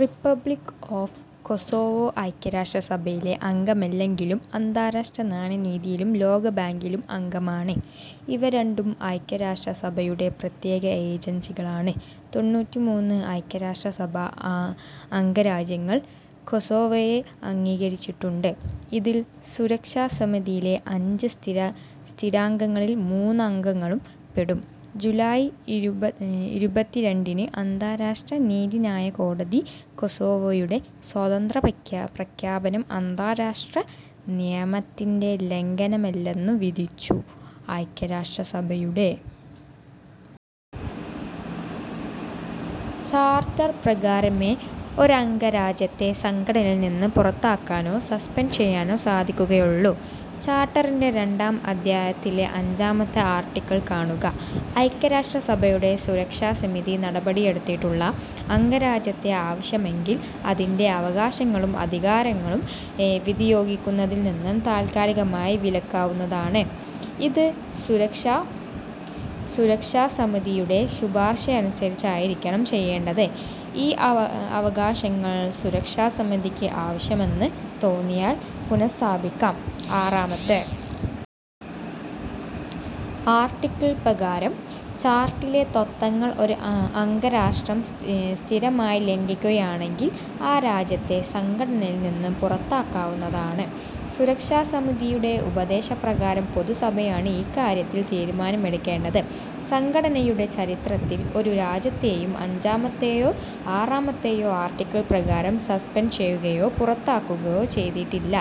Republic of Kosovo ഐക്യരാഷ്ട്രസഭയിലെ അംഗമല്ലെങ്കിലും അന്താരാഷ്ട്ര നാണ്യനിധിയിലും ലോകബാങ്കിലും അംഗമാണ്. ഇവ രണ്ടും ഐക്യരാഷ്ട്രസഭയുടെ പ്രത്യേക ഏജൻസികളാണ്. തൊണ്ണൂറ്റിമൂന്ന് ഐക്യരാഷ്ട്രസഭാ അംഗരാജ്യങ്ങൾ കൊസോവോയെ അംഗീകരിച്ചിട്ടുണ്ട്. ഇതിൽ സുരക്ഷാസമിതിയിലെ അഞ്ച് സ്ഥിരാംഗങ്ങളിൽ മൂന്ന് അംഗങ്ങളും പെടും. ജൂലൈ ഇരുപത്തിരണ്ടിന് അന്താരാഷ്ട്ര നീതിന്യായകോടതി കൊസോവോയുടെ സ്വാതന്ത്ര്യപ്രഖ്യാപനം അന്താരാഷ്ട്ര നിയമത്തിൻറെ ലംഘനമല്ലെന്ന് വിധിച്ചു. ഐക്യരാഷ്ട്രസഭയുടെ ചാർട്ടർ പ്രകാരമേ ഒരംഗരാജ്യത്തെ സംഘടനയിൽനിന്ന് പുറത്താക്കാനോ സസ്പെൻഡ് ചെയ്യാനോ സാധിക്കുകയുള്ളൂ. ചാർട്ടറിൻറെ രണ്ടാം അധ്യായത്തിലെ അഞ്ചാമത്തെ ആർട്ടിക്കിൾ കാണുക. ഐക്യരാഷ്ട്രസഭയുടെ സുരക്ഷാസമിതി നടപടിയെടുത്തിട്ടുള്ള അംഗരാജ്യത്തെ ആവശ്യമെങ്കിൽ അതിൻറെ അവകാശങ്ങളും അധികാരങ്ങളും വിനിയോഗിക്കുന്നതിൽനിന്ന് താൽക്കാലികമായി വിലക്കാവുന്നതാണ്. ഇത് സുരക്ഷാസമിതിയുടെ ശുപാർശയനുസരിച്ചായിരിക്കണം ചെയ്യേണ്ടത്. ഈ അവകാശങ്ങൾ സുരക്ഷാസമിതിക്ക് ആവശ്യമെന്ന് തോന്നിയാൽ പുനഃസ്ഥാപിക്കാം. ആറാമത്തെ ആർട്ടിക്കിൾ പ്രകാരം ചാർട്ടറിലെ തത്ത്വങ്ങൾ ഒരു അംഗരാഷ്ട്രം സ്ഥിരമായി ലംഘിക്കുകയാണെങ്കിൽ ആ രാജ്യത്തെ സംഘടനയിൽനിന്ന് പുറത്താക്കാവുന്നതാണ്. സുരക്ഷാസമിതിയുടെ ഉപദേശപ്രകാരം പൊതുസഭയാണ് ഇക്കാര്യത്തിൽ തീരുമാനമെടുക്കേണ്ടത്. സംഘടനയുടെ ചരിത്രത്തിൽ ഒരു രാജ്യത്തെയും അഞ്ചാമത്തെയോ ആറാമത്തെയോ ആർട്ടിക്കിൾ പ്രകാരം സസ്പെൻഡ് ചെയ്യുകയോ പുറത്താക്കുകയോ ചെയ്തിട്ടില്ല.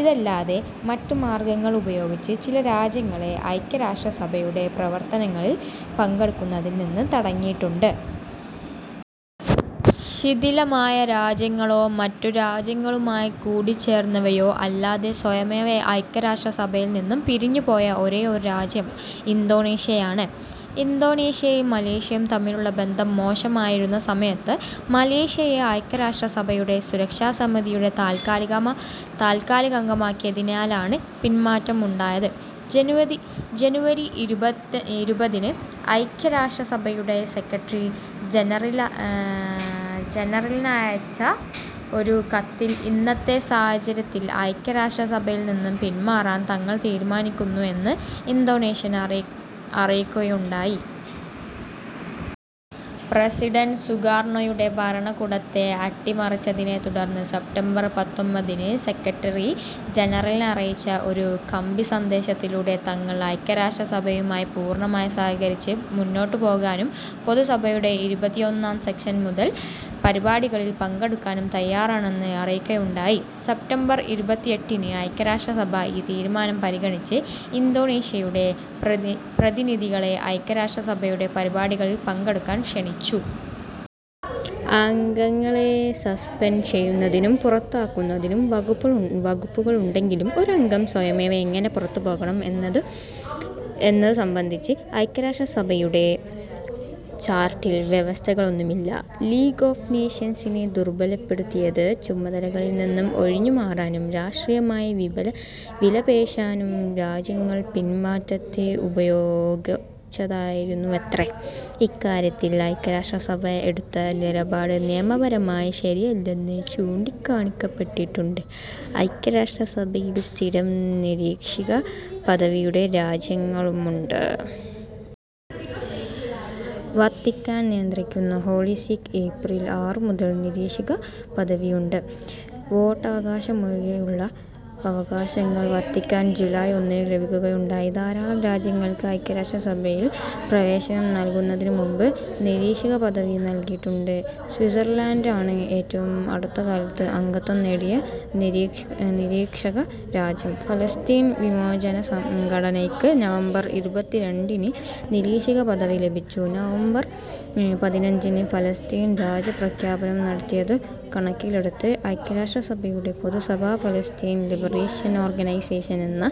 ഇതല്ലാതെ മറ്റു മാർഗങ്ങൾ ഉപയോഗിച്ച് ചില രാജ്യങ്ങളെ ഐക്യരാഷ്ട്രസഭയുടെ പ്രവർത്തനങ്ങളിൽ പങ്കെടുക്കുന്നതിൽനിന്ന് തടഞ്ഞിട്ടുണ്ട്. ശിഥിലമായ രാജ്യങ്ങളോ മറ്റു രാജ്യങ്ങളുമായി കൂടിച്ചേർന്നവയോ അല്ലാതെ സ്വയമേവ ഐക്യരാഷ്ട്രസഭയിൽനിന്ന് പിരിഞ്ഞുപോയ ഒരേയൊരു രാജ്യം ഇന്തോനേഷ്യയാണ്. ഇന്തോനേഷ്യയും മലേഷ്യയും തമ്മിലുള്ള ബന്ധം മോശമായിരുന്ന സമയത്ത് മലേഷ്യയെ ഐക്യരാഷ്ട്രസഭയുടെ സുരക്ഷാസമിതിയുടെ താൽക്കാലികാംഗമാക്കിയതിനാലാണ് പിന്മാറ്റം ഉണ്ടായത്. ജനുവരി ഇരുപതിന് ഐക്യരാഷ്ട്രസഭയുടെ സെക്രട്ടറി ജനറലിനയച്ച ഒരു കത്തിൽ ഇന്നത്തെ സാഹചര്യത്തിൽ ഐക്യരാഷ്ട്രസഭയിൽനിന്ന് പിന്മാറാൻ തങ്ങൾ തീരുമാനിക്കുന്നു എന്ന് ഇന്തോനേഷ്യ അറിയിക്കുകയുണ്ടായി. പ്രസിഡന്റ് സുകാർണോയുടെ ഭരണകൂടത്തെ അട്ടിമറിച്ചതിനെത്തുടർന്ന് സെപ്റ്റംബർ പത്തൊൻപതിന് സെക്രട്ടറി ജനറലിനയച്ച ഒരു കമ്പിസന്ദേശത്തിലൂടെ തങ്ങൾ ഐക്യരാഷ്ട്രസഭയുമായി പൂർണ്ണമായി സഹകരിച്ച് മുന്നോട്ടുപോകാനും പൊതുസഭയുടെ ഇരുപത്തിയൊന്നാം സെഷൻ മുതൽ പരിപാടികളിൽ പങ്കെടുക്കാനും തയ്യാറാണെന്ന് അറിയിക്കുകയുണ്ടായി. സെപ്റ്റംബർ ഇരുപത്തിയെട്ടിന് ഐക്യരാഷ്ട്രസഭ ഈ തീരുമാനം പരിഗണിച്ച് ഇന്തോനേഷ്യയുടെ പ്രതിനിധികളെ ഐക്യരാഷ്ട്രസഭയുടെ പരിപാടികളിൽ പങ്കെടുക്കാൻ ക്ഷണിച്ചു. അംഗങ്ങളെ സസ്പെൻഡ് ചെയ്യുന്നതിനും പുറത്താക്കുന്നതിനും വകുപ്പുകളുണ്ടെങ്കിലും ഒരംഗം സ്വയമേവ എങ്ങനെ പുറത്തുപോകണം എന്നതുസംബന്ധിച്ച് ഐക്യരാഷ്ട്രസഭയുടെ ചാർട്ടറിൽ വ്യവസ്ഥകളൊന്നുമില്ല. ലീഗ് ഓഫ് നേഷൻസിനെ ദുർബലപ്പെടുത്തിയത് ചുമതലകളിൽനിന്ന് ഒഴിഞ്ഞുമാറാനും രാഷ്ട്രീയമായി വിലപേശാനും രാജ്യങ്ങൾ പിന്മാറ്റത്തെ ഉപയോഗിച്ചതായിരുന്നുവത്രേ. ഇക്കാര്യത്തിൽ ഐക്യരാഷ്ട്രസഭ എടുത്ത നിലപാട് നിയമപരമായി ശരിയല്ലെന്ന് ചൂണ്ടിക്കാണിക്കപ്പെട്ടിട്ടുണ്ട്. ഐക്യരാഷ്ട്രസഭയിൽ സ്ഥിരം നിരീക്ഷകപദവിയുള്ള രാജ്യങ്ങളുമുണ്ട്. വത്തിക്കാൻ നിയന്ത്രിക്കുന്ന ഹോളി സീക്ക് ഏപ്രിൽ ആറുമുതൽ നിരീക്ഷകപദവിയുണ്ട്. വോട്ടവകാശമൊഴികെയുള്ള അവകാശങ്ങൾ വത്തിക്കാന് ജൂലൈ ഒന്നിന് ലഭിക്കുകയുണ്ടായി. ധാരാളം രാജ്യങ്ങൾക്ക് ഐക്യരാഷ്ട്രസഭയിൽ പ്രവേശനം നൽകുന്നതിനുമുൻപ് നിരീക്ഷകപദവി നൽകിയിട്ടുണ്ട്. സ്വിറ്റ്സർലാൻഡാണ് ഏറ്റവും അടുത്തകാലത്ത് അംഗത്വം നേടിയ നിരീക്ഷകരാജ്യം. പാലസ്തീൻ വിമോചനസംഘടനയ്ക്ക് നവംബർ ഇരുപത്തിരണ്ടിന് നിരീക്ഷകപദവി ലഭിച്ചു. നവംബർ പതിനഞ്ചിന് പാലസ്തീൻ രാജ്യപ്രഖ്യാപനം നടത്തിയതു കണക്കിലെടുത്ത് ഐക്യരാഷ്ട്രസഭയുടെ പൊതുസഭ പാലസ്തീൻ ലിബറേഷൻ ഓർഗനൈസേഷൻ എന്ന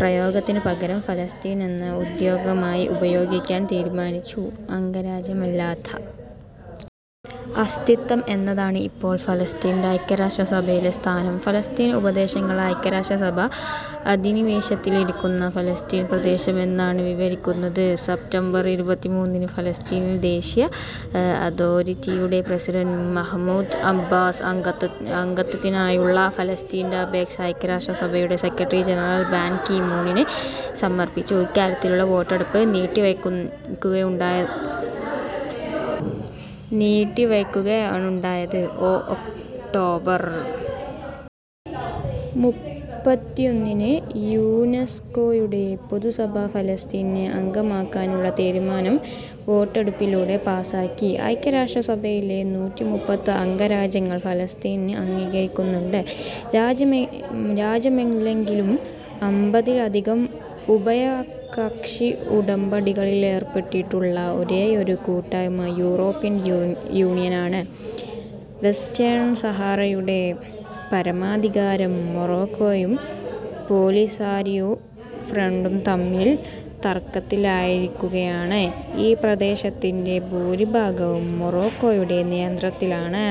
പ്രയോഗത്തിനു പകരം പാലസ്തീൻ എന്ന് ഔദ്യോഗികമായി ഉപയോഗിക്കാൻ തീരുമാനിച്ചു. അംഗരാജ്യമല്ലാത്ത അസ്തിത്വം എന്നതാണ് ഇപ്പോൾ പാലസ്തീൻറെ ഐക്യരാഷ്ട്രസഭയിലെ സ്ഥാനം. പാലസ്തീൻ പ്രദേശങ്ങളെ ഐക്യരാഷ്ട്രസഭ അധിനിവേശത്തിലിരിക്കുന്ന പാലസ്തീൻ പ്രദേശം എന്നാണ് വിവക്ഷിക്കുന്നത്. സെപ്റ്റംബർ ഇരുപത്തിമൂന്നിന് പാലസ്തീനിയൻ ദേശീയ അതോറിറ്റിയുടെ പ്രസിഡന്റ് മെഹമൂദ് അബ്ബാസ് അംഗത്വത്തിനായുള്ള പാലസ്തീൻറെ അപേക്ഷ ഐക്യരാഷ്ട്രസഭയുടെ സെക്രട്ടറി ജനറൽ ബാൻ കി മൂണിന് സമർപ്പിച്ചു. ഇക്കാര്യത്തിലുള്ള വോട്ടെടുപ്പ് നീട്ടിവയ്ക്കുകയാണുണ്ടായത്. ഒക്ടോബർ മുപ്പത്തൊന്നിന് യുനെസ്കോയുടെ പൊതുസഭ പാലസ്തീനെ അംഗമാക്കാനുള്ള തീരുമാനം വോട്ടെടുപ്പിലൂടെ പാസാക്കി. ഐക്യരാഷ്ട്രസഭയിലെ നൂറ്റിമുപ്പത് അംഗരാജ്യങ്ങൾ പാലസ്തീനെ അംഗീകരിക്കുന്നുണ്ട്. രാജ്യമല്ലെങ്കിലും അമ്പതിലധികം ഉഭയകക്ഷി ഉടമ്പടികളിലേർപ്പെട്ടിട്ടുള്ള ഒരേയൊരു കൂട്ടായ്മ യൂറോപ്യൻ യൂണിയനാണ്. വെസ്റ്റേൺ സഹാറയുടെ പരമാധികാരം മൊറോക്കോയും പോലിസാരിയോ ഫ്രണ്ടും തമ്മിൽ തർക്കത്തിലിരിക്കുകയാണ്. ഈ പ്രദേശത്തിൻറെ ഭൂരിഭാഗവും മൊറോക്കോയുടെ നിയന്ത്രണത്തിലാണ്.